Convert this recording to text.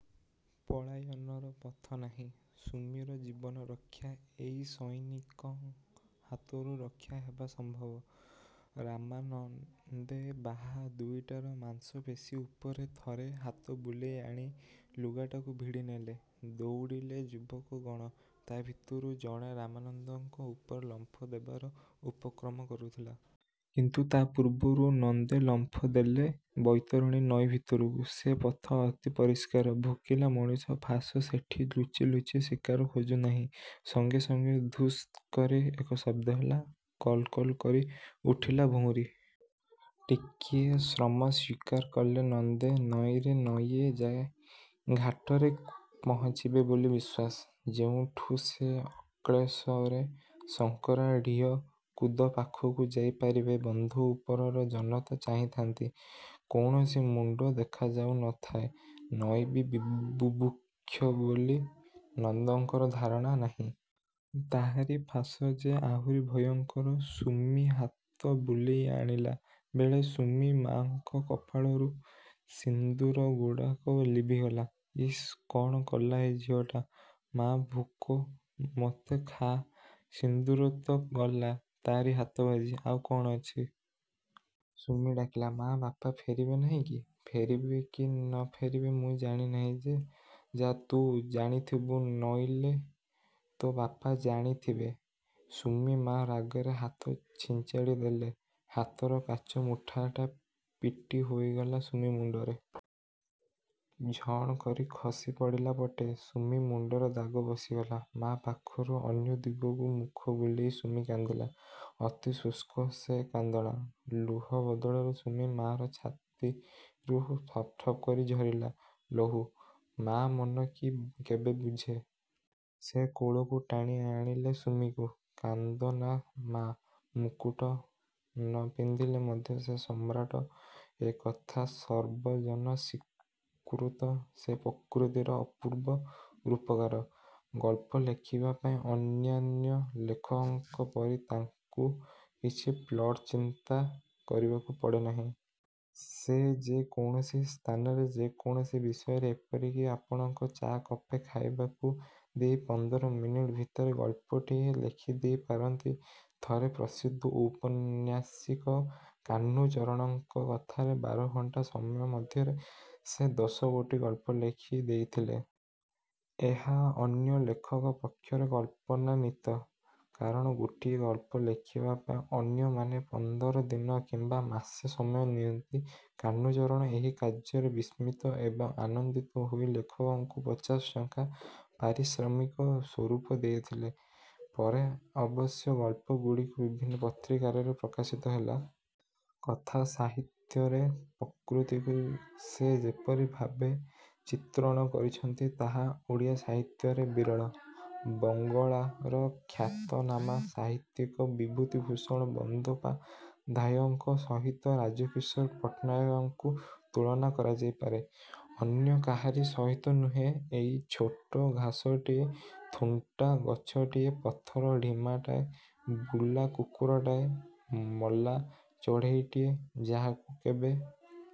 ପଳାୟନର ପଥ ନାହିଁ। ସୁମିର ଜୀବନ ରକ୍ଷା-ଏଇ ସଇନିଙ୍କ ହାତରୁ ରକ୍ଷା ହେବା ସମ୍ଭବ। ରାମାନନ୍ଦେ ବାହା ଦୁଇଟାର ମାଂସପେଶୀ ଉପରେ ଥରେ ହାତ ବୁଲେଇ ଆଣି-ଲୁଗାଟାକୁ ଭିଡ଼ି ନେଲେ। ଦଉଡ଼ିଲେ ଯୁବକ ଗଣ, ତା ଭିତରୁ ଜଣେ ରାମନନ୍ଦଙ୍କ ଉପରକୁ ଲମ୍ଫ ଦେବାର ଉପକ୍ରମ କରୁଥିଲା। କିନ୍ତୁ ତା ପୂର୍ବରୁ ନନ୍ଦେ ଲମ୍ଫ ଦେଲେ ବୈତରଣୀ ନଈ ଭିତରକୁ। ସେ ପଥ ଅତି ପରିଷ୍କାର। ଭୋକିଲା ମଣିଷର ଫାଶ ସେଠି ଲୁଚି ଲୁଚି ଶିକାର ଖୋଜୁ ନାହିଁ। ସଙ୍ଗେ ସଙ୍ଗେ 'ଧୁସ୍' କରି ଏକ ଶବ୍ଦ ହେଲା। କଳ କଳ କରି ଉଠିଲା ଭଉଁରୀ। ଟିକିଏ ଶ୍ରମ ସ୍ୱୀକାର କଲେ ନନ୍ଦେ ନଈରେ ନଈଏ ଯାଇଁ ଘାଟରେ ପହଞ୍ଚିବେ ବୋଲି ବିଶ୍ୱାସ। ଯେଉଁଠୁ ସେ ଅକ୍ଳେଶରେ ଶଙ୍କରା ଢିଅ କୁଦ ପାଖକୁ ଯାଇ ପାରିବେ। ବନ୍ଧ ଉପରର ଜନତା ଚାହିଁଥାନ୍ତି। କୌଣସି ମୁଣ୍ଡ ଦେଖାଯାଉ ନଥାଏ। ନଈ ବି ବୁଭୁକ୍ଷୁ ବୋଲି ନନ୍ଦଙ୍କର ଧାରଣା ନାହିଁ। ତାହାରି ଫାଶ ଯେ ଆହୁରି ଭୟଙ୍କର। ସୁମି ହାତ ବୁଲେଇ ଆଣିଲା ବେଳେ ସୁମି-ମାଙ୍କ କପାଳରୁ ସିନ୍ଦୂରଗୁଡ଼ାକ ଲିଭିଗଲା। ଇସ୍-କଣ କଲା ଏ ଝିଅଟା! -'ମା ଭୋକ। ' -'ମୋତେ ଖା। ' ସିନ୍ଦୂର ତ ଗଲା ତାରି ହାତ ବାଜି। ଆଉ କଣ ଅଛି? ସୁମି ଡ଼ାକିଲା-'ମା, ବାପା ଫେରିବେ ନାହିଁ କି-ଫେରିବେ କି ନ ଫେରିବେ ମୁଁ ଜାଣି ନାହିଁ, ଯାଃ। ତୁ ଜାଣିଥିବୁ, ନଇଲେ ତୋ ବାପା ଜାଣି ଥିବେ। ' ସୁମି-ମା ରାଗରେ ହାତ ଛିଞ୍ଚାଡ଼ି ଦେଲେ। ହାତର କାଚ ମୁଠାଟା ପିଟି ହୋଇଗଲା ସୁମି ମୁଣ୍ଡରେ। ଝଣ୍ କରି ଖସି ପଡ଼ିଲା ପଟେ। ସୁମି ମୁଣ୍ଡରେ ଦାଗ ବସିଗଲା। ମା' ପାଖରୁ ଅନ୍ୟ ଦିଗକୁ ମୁଖ ବୁଲେଇ ସୁମି କାନ୍ଦିଲା। ଅତି ଶୁଷ୍ମ ସେ କାନ୍ଦଣା। ଲୁହ ବଦଳରେ ସୁମି-ମା'ର ଛାତିରୁ ଥପ ଥପ କରି ଝରିଲା ଲହୁ। ମା' ମନ କି କେବେ ବୁଝେ। ସେ କୋଳକୁ ଟାଣି ଆଣିଲେ ସୁମିକୁ। 'କାନ୍ଦ୍ ନା, ମା। ମୁକୁଟ ନ ପିନ୍ଧିଲେ ମଧ୍ୟ ସେ ସମ୍ରାଟ ଏ କଥା ସର୍ବଜନ ସ୍ୱୀକୃତ। ସେ ପ୍ରକୃତିର ଅପୂର୍ବ ରୂପକାର। ଗଳ୍ପ ଲେଖିବା ପାଇଁ ଅନ୍ୟାନ୍ୟ ଲେଖକଙ୍କ ପରି ତାଙ୍କୁ କିଛି ପ୍ଲଟ୍ ଚିନ୍ତା କରିବାକୁ ପଡ଼େନାହିଁ। ସେ ଯେ କୌଣସି ସ୍ଥାନରେ, ଯେ କୌଣସି ବିଷୟରେ ଏପରିକି ଆପଣଙ୍କୁ ଚା'କପେ ଖାଇବାକୁ ଦେଇ ପନ୍ଦର ମିନିଟ୍ ଭିତରେ ଗଳ୍ପଟିଏ ଲେଖିଦେଇ ପାରନ୍ତି। ଥରେ ପ୍ରସିଦ୍ଧ ଔପନ୍ୟାସିକ କାହ୍ନୁଚରଣଙ୍କ କଥାରେ ବାର ଘଣ୍ଟା ସମୟ ମଧ୍ୟରେ ସେ ଦଶ ଗୋଟି ଗଳ୍ପ ଲେଖି ଦେଇଥିଲେ। ଏହା ଅନ୍ୟ ଲେଖକ ପକ୍ଷରେ କଳ୍ପନାତୀତ, କାରଣ ଗୋଟିଏ ଗଳ୍ପ ଲେଖିବା ପାଇଁ ଅନ୍ୟମାନେ ପନ୍ଦର ଦିନ କିମ୍ବା ମାସେ ସମୟ ନିଅନ୍ତି। କାହ୍ନୁଚରଣ ଏହି କାର୍ଯ୍ୟରେ ବିସ୍ମିତ ଏବଂ ଆନନ୍ଦିତ ହୋଇ ଲେଖକଙ୍କୁ ପଚାଶ ଟଙ୍କା ପାରିଶ୍ରମିକ ସ୍ୱରୂପ ଦେଇଥିଲେ-। ପରେ ଅବଶ୍ୟ ଗଳ୍ପ ଗୁଡ଼ିକ ବିଭିନ୍ନ ପତ୍ରିକାରେ ପ୍ରକାଶିତ ହେଲା। କଥା ସାହିତ୍ୟରେ ପ୍ରକୃତିକୁ ସେ ଯେପରି ଭାବେ ଚିତ୍ରଣ କରିଛନ୍ତି ତାହା ଓଡ଼ିଆ ସାହିତ୍ୟରେ ବିରଳ। ବଙ୍ଗଳାର ଖ୍ୟାତନାମା ସାହିତ୍ୟିକ ବିଭୁତିଭୂଷଣ ବନ୍ଦୋପାଧ୍ୟାୟଙ୍କ ସହିତ ରାଜକିଶୋର ପଟ୍ଟନାୟକଙ୍କୁ ତୁଳନା କରାଯାଇ ପାରେ, ଅନ୍ୟ କାହାରି ସହିତ ନୁହେଁ। ଏଇ ଛୋଟ ଘାସଟିଏ, ଥୁଣ୍ଟା ଗଛଟିଏ, ପଥର ଢିମାଟାଏ, ବୁଲା କୁକୁରଟାଏ, ମଲା ଚଢ଼େଇଟିଏ, ଯାହାକୁ କେବେ